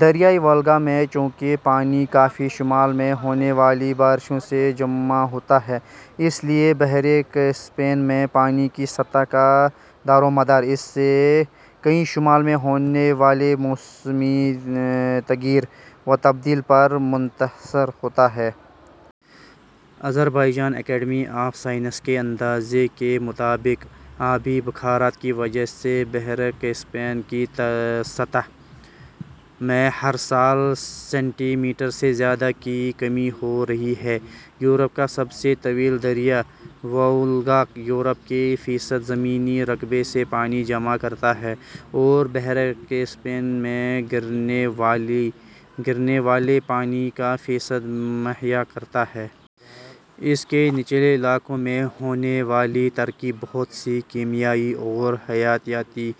دریائے وولگا میں چونکہ پانی کافی شمال میں ہونے والی بارشوں سے جمع ہوتا ہے، اس لیے بحیرہ کیسپیئن میں پانی کی سطح کا دارومدار اس سے کہیں شمال میں ہونے والے موسمی تغیر و تبدل پر منحصر ہوتا ہے۔ آذربائیجان اکیڈمی آف سائنس کے اندازے کے مطابق آبی بخارات کی وجہ سے بحیرہ کیپسیئن کی سطح میں ہر سال سینٹی میٹر سے زیادہ کی کمی ہو رہی ہے۔ یورپ کا سب سے طویل دریا وولگا یورپ کے فیصد زمینی رقبے سے پانی جمع کرتا ہے اور بحیرہ کیسپیئن میں گرنے والے پانی کا فیصد مہیا کرتا ہے۔ اس کے نچلے علاقوں میں ہونے والی ترقی بہت سی کیمیائی اور حیاتیاتی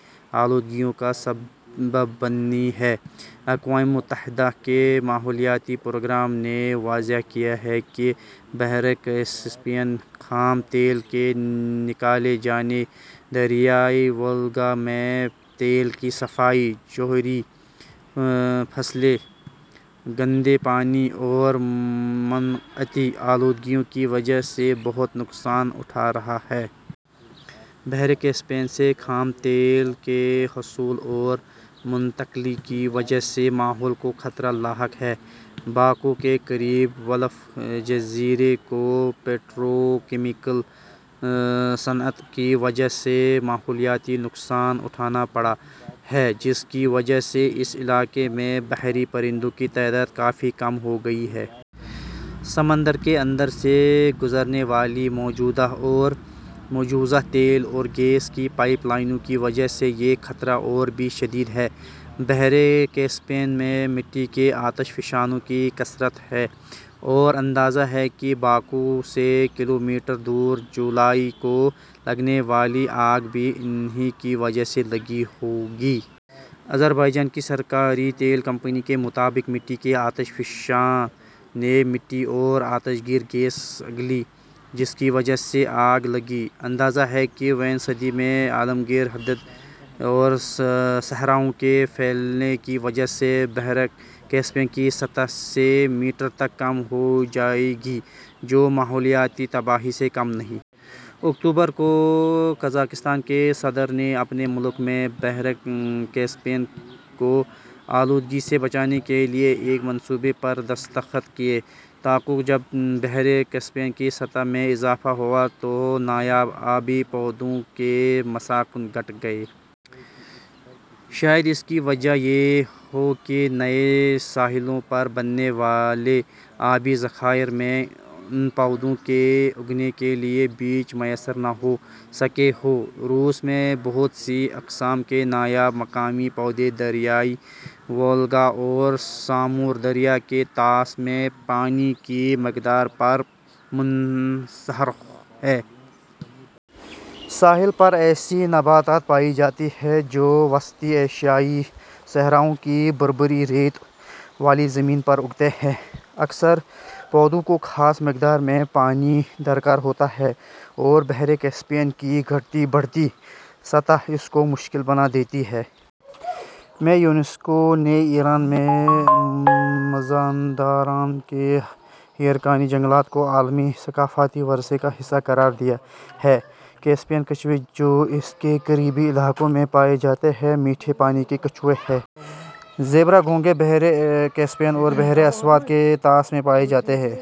آلودگیوں کا سبب بنی ہے۔ اقوامِ متحدہ کے ماحولیاتی پروگرام نے واضح کیا ہے کہ "بحیرہ کیسپیئن خام تیل کے نکالے جانے، دریائے وولگا میں تیل کی صفائی، جوہری فضلے، گندے پانی اور صنعتی آلودگیوں کی وجہ سے بہت نقصان اٹھا رہا ہے"۔ بحیرہ کیسپیئن سے خام تیل کے حصول اور منتقلی کی وجہ سے ماحول کو خطرہ لاحق ہے۔ باکو کے قریب ولف جزیرے کو پیٹروکیمیکل صنعت کی وجہ سے ماحولیاتی نقصان اٹھانا پڑا ہے جس کی وجہ سے اس علاقے میں بحری پرندوں کی تعداد کافی کم ہو گئی ہے۔ سمندر کے اندر سے گزرنے والی موجودہ اور مجوزہ تیل اور گیس کی پائپ لائنوں کی وجہ سے یہ خطرہ اور بھی شدید ہے۔ بحیرہ کیسپیئن میں مٹی کے آتش فشانوں کی کثرت ہے اور اندازہ ہے کہ باکو سے کلومیٹر دور جولائی کو لگنے والی آگ بھی انہی کی وجہ سے لگی ہوگی۔ آذربائیجان کی سرکاری تیل کمپنی کے مطابق مٹی کے آتش فشاں نے مٹی اور آتشگیر گیس اگلی جس کی وجہ سے آگ لگی۔ اندازہ ہے کہ ویں صدی میں عالمگیر حدت اور صحراؤں کے پھیلنے کی وجہ سے بحیرہ کیسپیئن کی سطح سے میٹر تک کم ہو جائے گی جو ماحولیاتی تباہی سے کم نہیں۔ اکتوبر کو قزاقستان کے صدر نے اپنے ملک میں بحیرہ کیسپیئن کو آلودگی سے بچانے کے لیے ایک منصوبے پر دستخط کیے۔ تا کو جب بحیرہ کیسپیئن کی سطح میں اضافہ ہوا تو نایاب آبی پودوں کے مساکن گھٹ گئے۔ شاید اس کی وجہ یہ ہو کہ نئے ساحلوں پر بننے والے آبی ذخائر میں ان پودوں کے اگنے کے لیے بیج میسر نہ ہو سکے ہوں۔ روس میں بہت سی اقسام کے نایاب مقامی پودے دریائے وولگا اور سامور دریا کے طاس میں پانی کی مقدار پر منحصر ہیں۔ ساحل پر ایسی نباتات پائی جاتی ہیں جو وسطی ایشیائی صحراؤں کی بھربھری ریت والی زمین پر اگتے ہیں۔ اکثر پودوں کو خاص مقدار میں پانی درکار ہوتا ہے اور بحیرہ کیسپیئن کی گھٹتی بڑھتی سطح اس کو مشکل بنا دیتی ہے۔ میں یونیسکو نے ایران میں مزاندران کے ہیرکانی جنگلات کو عالمی ثقافتی ورثے کا حصہ قرار دیا ہے۔ کیسپیئن کچھوے جو اس کے قریبی علاقوں میں پائے جاتے ہیں، میٹھے پانی کے کچھوے ہیں۔ زیبرا گھونگھے بحیرہ کیپسیئن اور بحر اسود کے طاس میں پائے جاتے ہیں۔